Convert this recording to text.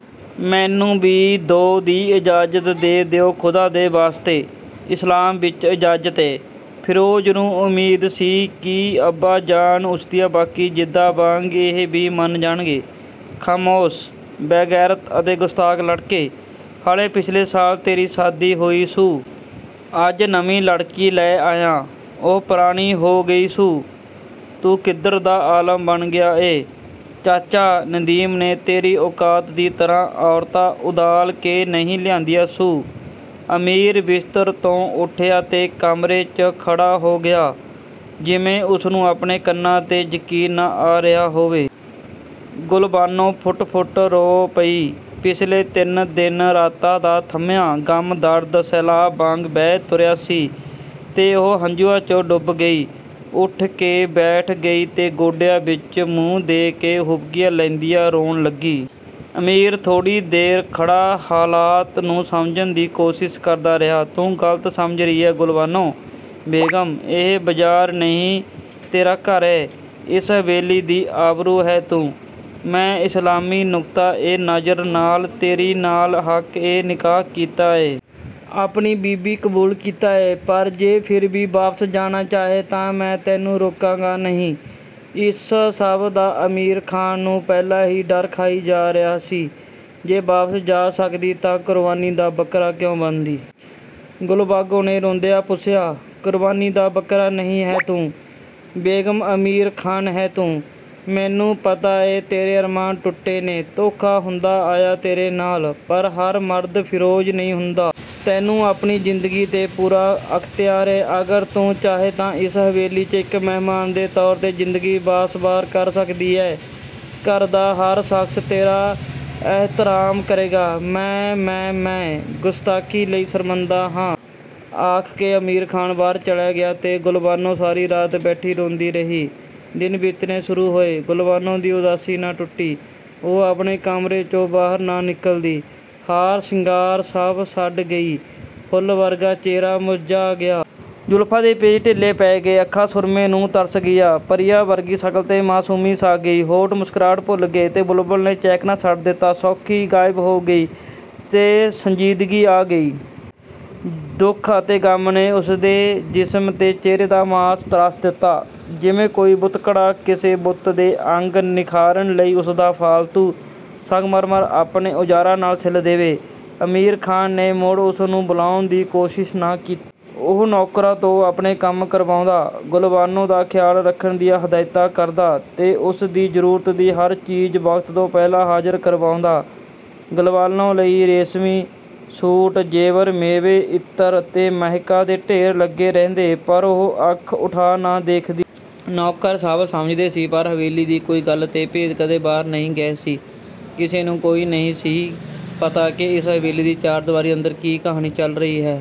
ਮੈਨੂੰ ਵੀ ਦੋ ਦੀ ਇਜਾਜ਼ਤ ਦੇ ਦਿਉ ਖ਼ੁਦਾ ਦੇ ਵਾਸਤੇ..! ਇਸਲਾਮ ਵਿੱਚ ਇਜਾਜ਼ਤ ਏ। ਫਿਰੋਜ਼ ਨੂੰ ਉਮੀਦ ਸੀ ਕਿ ਅੱਬਾ ਜਾਨ, ਉਸਦੀਆ ਬਾਕੀ ਜ਼ਿੱਦਾਂ ਵਾਂਗ ਇਹ ਵੀ ਮੰਨ ਜਾਣਗੇ…! "ਖਾਮੌਸ਼… ਬੇਗੈਰਤ ਅਤੇ ਗੁਸਤਾਖ ਲੜਕੇ… ਹਾਲੇ ਪਿਛਲੇ ਸਾਲ ਤੇਰੀ ਸ਼ਾਦੀ ਹੋਈ ਸੂ। ਅੱਜ ਨਵੀ ਲੜਕੀ ਲੈ ਆਇਆ। ਉਹ ਪੁਰਾਣੀ ਹੋ ਗਈ ਸੂ…! ਤੂੰ ਕਿਧਰ ਦਾ ਆਲਮ ਬਣ ਗਿਆ ਏ…! ਚਾਚਾ ਨਦੀਮ ਨੇ ਤੇਰੀ ਔਕਾਤ ਦੀ ਤਰ੍ਹਾਂ ਔਰਤਾਂ ਉਧਾਲ ਕੇ ਨਹੀ ਲਿਆਦੀਆਂ ਸੂ। ਅਮੀਰ ਬਿਸਤਰ ਤੋਂ ਉਠਿਆਂ ਤੇ ਕਮਰੇ, ਚ' ਖੜ੍ਹਾ ਹੋ ਗਿਆ, ਜਿਵੇਂ ਉਸਨੂੰ ਆਪਣੇ ਕੰਨਾਂ ਤੇ ਯਕੀਨ ਨਾ ਆ ਰਿਹਾਂ ਹੋਵੇ। ਗੁਲਬਾਨੋ ਫੁੱਟ-ਫੁੱਟ ਕੇ ਰੋ ਪਈ। ਪਿਛਲੇ ਤਿੰਨ, ਦਿਨ-ਰਾਤਾਂ ਦਾ ਥੰਮਿਆਂ 'ਗਮ-ਦਰਦ', ਸੈਲਾਬ ਵਾਂਗ ਵਹਿ ਤੁਰਿਆ ਸੀ ਤੇ ਉਹ ਹੰਝੂਆਂ, ਚ' ਡੁੱਬ ਗਈ। ਉਠ ਕੇ ਬੈਠ ਗਈ ਤੇ ਗੋਡਿਆ ਵਿੱਚ ਮੂੰਹ ਦੇ ਕੇ ਹੁਬਕੀਆਂ ਲੈਦੀਆਂ ਰੋਣ ਲੱਗੀ। ਅਮੀਰ ਥੋੜ੍ਹੀ ਦੇਰ ਖੜ੍ਹਾ ਹਾਲਤ ਨੂੰ ਸਮਝਣ ਦੀ ਕੋਸ਼ਿਸ ਕਰਦਾ ਰਿਹਾ। "ਤੂੰ ਗਲਤ ਸਮਝ ਰਹੀ ਏਂ ਗੁਲਬਾਨੋ ਬੇਗਮ ".. ਇਹ ਬਜ਼ਾਰ ਨਹੀਂ ਤੇਰਾ ਘਰ ਏਂ। ਇਸ ਹਵੇਲੀ ਦੀ ਆਬਰੂ ਹੈ ਤੂੰ… ਮੈਂ ਇਸਲਾਮੀ ਨੁੱਕਤਾ-ਏ-ਨਜ਼ਰ ਨਾਲ, ਤੇਰੇ ਨਾਲ ਹੱਕ-ਏ-ਨਿਕਾਹ ਕੀਤਾ ਏਂ। ਆਪਣੀ ਬੀਵੀ ਕਬੂਲ ਕੀਤਾ ਏਂ। ਪਰ ਜੇ ਫਿਰ ਵੀ ਵਾਪਿਸ ਜਾਣਾ ਚਾਹੇ ਤਾਂ ਮੈਂ ਤੈਨੂੰ ਰੋਕਾਗਾ ਨਹੀ…! ਇਸ ਸਭ ਦਾ ਅਮੀਰ ਖ਼ਾਨ ਨੂੰ ਪਹਿਲਾਂ ਹੀ ਇਹ ਡਰ ਖਾਈ ਜਾ ਰਿਹਾ ਸੀ। "ਜੇ ਵਾਪਿਸ ਜਾ ਸਕਦੀ ਤਾਂ ਕੁਰਬਾਨੀ ਦਾ ਬਕਰਾ ਕਿਉਂ ਬਣਦੀ",! ਗੁਲਬਾਨੋ ਨੇ ਰੋਂਦਿਆ ਪੁੱਛਿਆ…! "ਕੁਰਬਾਨੀ ਦਾ ਬੱਕਰਾ ਨਹੀ ਹੈ ਤੂੰ.. ਬੇਗਮ ਅਮੀਰ ਖਾਨ ਹੈ ਤੂੰ …। ਮੈਨੂੰ ਪਤਾ ਏ ਤੇਰੇ ਅਰਮਾਨ ਟੁੱਟੇ ਨੇ, ਧੋਖਾ ਹੁੰਦਾਂ ਆਇਆ ਤੇਰੇ ਨਾਲ, ਪਰ ਹਰ ਮਰਦ ਫਿਰੋਜ ਨਹੀ ਹੁੰਦਾ। ਤੈਨੂੰ ਆਪਣੀ ਜ਼ਿੰਦਗੀ ਤੇ ਪੂਰਾ ਅਖਤਿਆਰ ਏਂ। ਅਗਰ ਤੂੰ ਚਾਹੇ ਤਾਂ ਇਸ ਹਵੇਲੀ, ਚ' ਇਕ ਮਹਿਮਾਨ ਦੇ ਤੌਰ ਤੇ ਜ਼ਿੰਦਗੀ ਬਾਸ਼ਬਰ ਕਰ ਸਕਦੀ ਏਂ..!! ਘਰ ਦਾ ਹਰ ਸ਼ਖਸ ਤੇਰਾ ਅਹਿਤਰਾਮ ਕਰੇਗਾ। ਮੈਂ….. ਮੈਂ…… ਮੈਂ ਗੁਸਤਾਖੀ ਲਈ ਸ਼ਰਮਿੰਦਾ ਹਾਂ। ਆਖਕੇ, ਅਮੀਰ ਬਾਹਰ ਚਲਿਆ ਗਿਆ ਤੇ ਗੁਲਬਾਨੋ ਸਾਰੀ ਰਾਤ ਬੈਠੀ ਰੋਂਦੀ ਰਹੀ। ਦਿਨ ਬੀਤਣੇ ਸੁਰੂ ਹੋਏ, ਗੁਲਬਾਨੋ ਦੀ ਉਦਾਸੀ ਨਾ ਟੁੱਟੀ। ਉਹ ਆਪਣੇ ਕਮਰੇ, ਚੋਂ ਬਾਹਰ ਨਾ ਨਿੱਕਲਦੀ। ਹਾਰ ਸਿੰਗਾਰ ਸੱਭ ਛੱਡ ਗਈ, ਫੁੱਲ ਵਰਗਾ ਚਿਹਰਾ ਮੁਰਝਾ ਗਿਆ। ਜ਼ੁਲਫ਼ਾ ਦੇ ਪੇਚ ਢਿੱਲੇ ਪੈ ਗਏ। ਅੱਖਾਂ ਸੁਰਮੇ ਨੂੰ ਤਰਸ਼ ਗਈਆ। ਪਰੀਆ ਵਰਗੀ ਸ਼ਕਲ ਤੇ ਮਾਯੂਸੀ ਛਾ ਗਈ। ਹੋਂਠ ਮੁਸਕ੍ਰਾਹਟ ਭੁੱਲ ਗਏ ਤੇ ਬੁਲਬਲ ਨੇ ਚਹਿਕਣਾ ਛੱਡ ਦਿਤਾ। ਸ਼ੋਖੀ ਗਾਇਬ ਹੋ ਗਈ ਤੇ ਸੰਜੀਦਗੀ ਆ ਗਈ। ਦੁਖ ਅਤੇ ਗਮ ਨੇ ਉਸਦੇ ਜ਼ਿਸਮ ਤੇ ਚਿਹਰੇ ਦਾ ਮਾਸ ਤਰਾਸ਼ ਦਿਤਾ… ਜਿਵੇਂ ਕੋਈ ਬੁੱਤਘਾੜਾ ਕਿਸੇ ਬੁੱਤ ਦੇ ਅੰਗ ਨਿਖਾਰਨ ਲਈ ਉਸਦਾ ਫਾਲਤੂ ਸੰਗਮਰਮਰ ਆਪਣੇ ਔਜ਼ਾਰਾਂ ਨਾਲ ਛਿੱਲ ਦੇਵੇ। ਅਮੀਰ ਖ਼ਾਨ ਨੇ, ਮੁੜ ਉਸਨੂੰ ਬਲਾਉਣ ਦੀ ਕੋਸ਼ਿਸ ਨਾ ਕੀਤੀ। ਉਹ ਨੌਕਰਾ ਤੋਂ ਆਪਣੇ ਕੰਮ ਕਰਵਾਉਦਾ। ਗੁਲਬਾਨੋ ਦਾ ਖ਼ਿਆਲ ਰੱਖਣ ਦੀਆਂ ਹਦਾਇਤਾਂ ਕਰਦਾ ਤੇ ਉਸ ਦੀ ਜ਼ਰੂਰਤ ਦੀ ਹਰ ਚੀਜ਼ ਵਕਤ ਤੋਂ ਪਹਿਲਾਂ ਹਾਜ਼ਰ ਕਰਵਾਉਦਾ। ਗੁਲਬਾਨੋ ਲਈ ਰੇਸ਼ਮੀ ਸੂਟ, ਜੇਵਰ, ਮੇਵੇ, ਇਤਰ ਤੇ ਮਹਿਕਾ ਦੇ ਢੇਰ ਲੱਗੇ ਰਹਿੰਦੇ ਪਰ ਉਹ ਅੱਖ ਉਠਾ ਨਾ ਦੇਖਦੀ। ਨੌਕਰ ਸਭ ਸਮਝਦੇ ਸੀ, ਪਰ ਹਵੇਲੀ ਦੀ ਕੋਈ ਗੱਲ ਤੇ ਭੇਤ ਕਦੇ ਬਾਹਰ ਨਹੀ ਗਏ ਸੀ। ਕਿਸੇ ਨੂੰ ਕੋਈ ਨਹੀਂ ਸੀ ਪਤਾ ਕੇ ਇਸ ਹਵੇਲੀ ਦੀ ਚਾਰ ਦੀਵਾਰੀ ਅੰਦਰ ਕੀ ਕਹਾਣੀ ਚੱਲ ਰਹੀ ਹੈ।